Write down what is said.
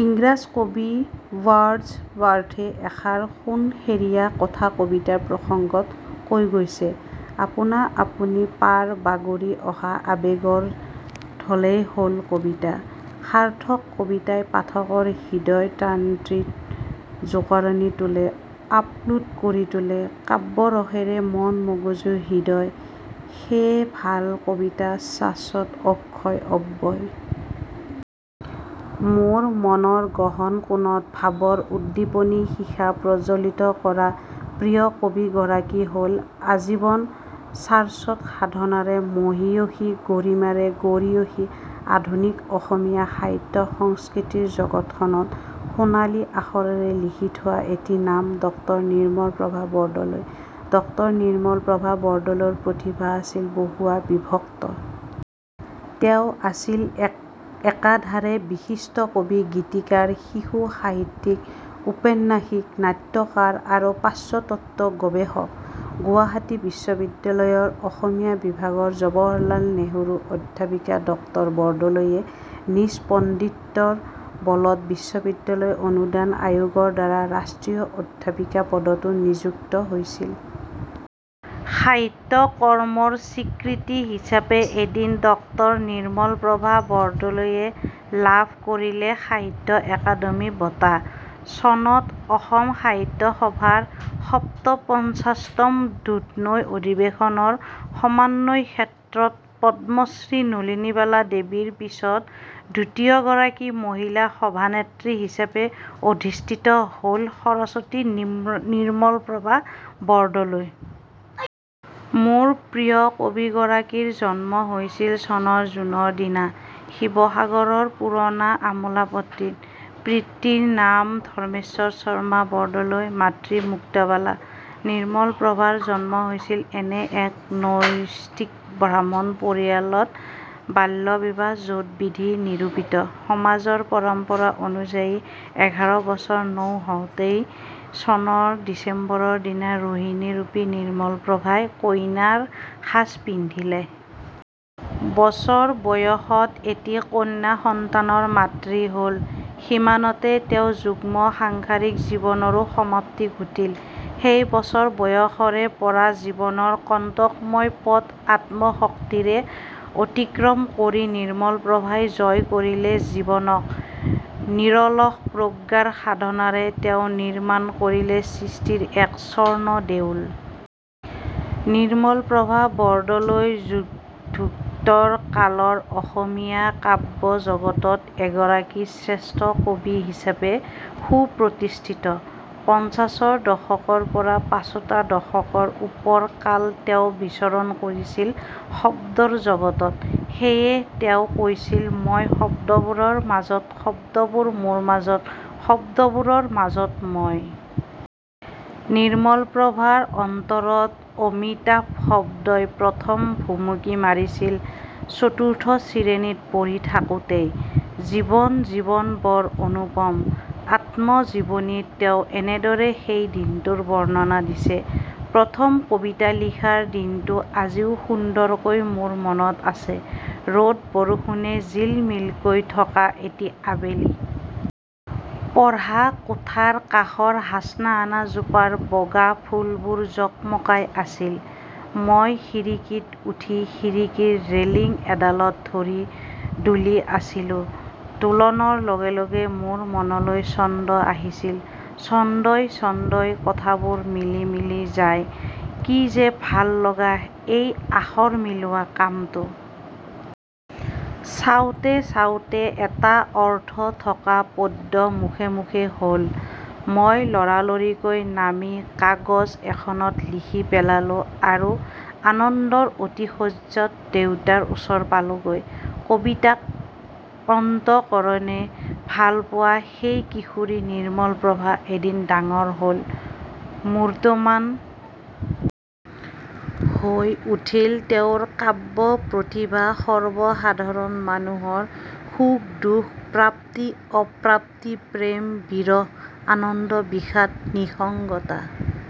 ইংৰাজ কবি ৱৰ্ডছৱৰ্থে এষাৰ সোণসেৰীয়া কথা কবিতাৰ প্ৰসংগত কৈ গৈছে- আপোনা-আপুনি পাৰ বাগৰি অহা আৱেগৰ ঢলেই হ'ল কবিতা। " সাৰ্থক কবিতাই পাঠকৰ হৃদয়-তন্ত্ৰীত জোকাৰণি তোলে- আপ্লুত কৰি তোলে কাব্যৰসেৰে মন মগজু হৃদয়। সেয়ে ভাল কবিতা শাশ্বত, অক্ষয়, অব্যয়। মোৰ মনৰ গহন কোণত ভাবৰ উদ্দীপনী শিখা প্ৰজ্বলিত কৰা প্ৰিয় কবি গৰাকী হ'ল- আজীৱন সাৰস্বত সাধনাৰে মহীয়সী, গৰিমাৰে গৰীয়সী, আধুনিক অসমীয়া সাহিত্য-সংস্কৃতিৰ জগতখনত সোণালী আখৰেৰে লিখি থোৱা এটি নাম ড নিৰ্মলপ্ৰভা বৰদলৈ। ড নিৰ্মল প্ৰভা বৰদলৈৰ প্ৰতিভা আছিল বহুধা বিভক্ত। তেওঁ আছিল একাধাৰে বিশিষ্ট কবি, গীতিকাৰ, শিশু-সাহিত্যিক, ঔপন্যাসিক, নাট্যকাৰ আৰু পাচ্যতত্ত্ব গৱেষক ৷ গুৱাহাটী বিশ্ববিদ্যালয়ৰ অসমীয়া বিভাগৰ জৱাহৰলাল নেহৰু অধ্যাপিকা ড বৰদলৈয়ে নিজ পাণ্ডিত্যৰ বলত বিশ্ববিদ্যালয় অনুদান আয়োগৰ দ্বাৰা ৰাষ্ট্ৰীয় অধ্যাপিকা পদতো নিযুক্ত হৈছিল। সাহিত্য কৰ্মৰ স্বীকৃতি হিচাপে এদিন ড নিৰ্মলপ্ৰভা বৰদলৈয়ে লাভ কৰিলে সাহিত্য অকাডেমী বঁটা। চনত অসম সাহিত্য সভাৰ সপ্তপঞ্চাশতম্ দুধনৈ অধিৱেশনৰ 'সমন্বয় ক্ষেত্ৰত পদ্মশ্ৰী নলিনীবালা দেৱীৰ পিছত দ্বিতীয় গৰাকী মহিলা সভানেত্ৰী হিচাপে অধিষ্ঠিত হ'ল 'সৰস্বতী' নিৰ্মলপ্ৰভা বৰদলৈ। মোৰ প্ৰিয় কবিগৰাকীৰ জন্ম হৈছিল চনৰ জুনৰ দিনা, শিৱসাগৰৰ পুৰণা আমোলাপট্টিত। পিতৃৰ নাম ধৰ্মেশ্বৰ শৰ্মা বৰদলৈ, মাতৃ মুক্তাবালা। নিৰ্মলপ্ৰভাৰ জন্ম হৈছিল এনে এক নৈষ্ঠিক ব্ৰাহ্মণ পৰিয়ালত- বাল্য বিবাহ য'ত বিধি নিৰূপিত। সমাজৰ পৰম্পৰা অনুযায়ী এঘাৰ বছৰ নৌ হওঁতেই চনৰ ডিচেম্বৰৰ দিনা 'ৰোহিনী' ৰূপী নিৰ্মলপ্ৰভাই কইনাৰ সাজ পিন্ধিলে। বছৰ বয়সত এটি কন্যা সন্তানৰ মাতৃ হ'ল। সিমানতে তেওঁ যুগ্ম সাংসাৰিক জীৱনৰো সমাপ্তি ঘটিল। সেই বছৰ বয়সৰে পৰা জীৱনৰ কণ্টকময় পথ আত্মশক্তিৰে অতিক্ৰম কৰি নিৰ্মলপ্ৰভাই জয় কৰিলে জীৱনক। নিৰল প্ৰজ্ঞাৰ সাধনাৰে তেওঁ নিৰ্মাণ কৰিলে সৃষ্টিৰ এক স্বৰ্ণ দেউল। নিৰ্মলপ্ৰভা বৰদলৈ যুদ্ধোত্তৰ কালৰ অসমীয়া কাব্যজগতত এগৰাকী শ্ৰেষ্ঠ কবি হিচাপে সুপ্ৰতিষ্ঠিত। পঞ্চাশৰ দশকৰ পৰা পাঁচোটা দশকৰ ওপৰকাল তেওঁ বিচৰণ কৰিছিল শব্দৰ জগতত। সেয়ে তেওঁ কৈছিল- "মই শব্দবোৰৰ মাজত শব্দবোৰ মোৰ মাজত শব্দবোৰৰ মাজত মই। " নিৰ্মলপ্ৰভাৰ অন্তৰত অমিতাভ শব্দই প্ৰথম ভুমুকি মাৰিছিল চতুৰ্থ শ্ৰেণীত পঢ়ি থাকোতেই। 'জীৱন-জীৱন বৰ অনুপম' আত্মজীৱনীত তেওঁ এনেদৰে সেই দিনটোৰ বৰ্ণনা দিছে। "প্ৰথম কবিতা লিখাৰ দিনটো আজিও সুন্দৰকৈ মোৰ মনত আছে। ৰ'দ-বৰষুণে জিলমিলকৈ থকা এটা আবেলি। পঢ়া কোঠাৰ কাষৰ হাচনাহানাজোপাৰ বগা ফুলবোৰ জকমকাই আছিল। মই খিৰিকিত উঠি খিৰিকিৰ ৰেলিং এডালত ধৰি দুলি আছিলো। দোলনৰ লগে লগে মোৰ মনলৈ ছন্দ আহিছিল। ছন্দই ছন্দই কথাবোৰ মিলি মিলি যায়- কি যে ভাল লগা এই আখৰ মিলোৱা কামটো। চাওঁতে চাওঁতে এটা অৰ্থ থকা পদ্য মুখে মুখে হ'ল। মই লৰালৰিকৈ নামি কাগজ এখনত লিখি পেলালো আৰু আনন্দৰ আতিশয্যত দেউতাৰ ওচৰ পালোগৈ। " কবিতাক অন্তকৰণেৰে ভালপোৱা সেই কিশোৰী নিৰ্মলপ্ৰভা এদিন ডাঙৰ হ'ল। মূৰ্তমান হৈ উঠিল তেওঁৰ কাব্য প্ৰতিভা সৰ্বসাধাৰণ মানুহৰ সুখ-দুখ, প্ৰাপ্তি-অপ্ৰাপ্তি, প্ৰেম-বিৰহ, আনন্দ-বিষাদ, নিঃসংগতা,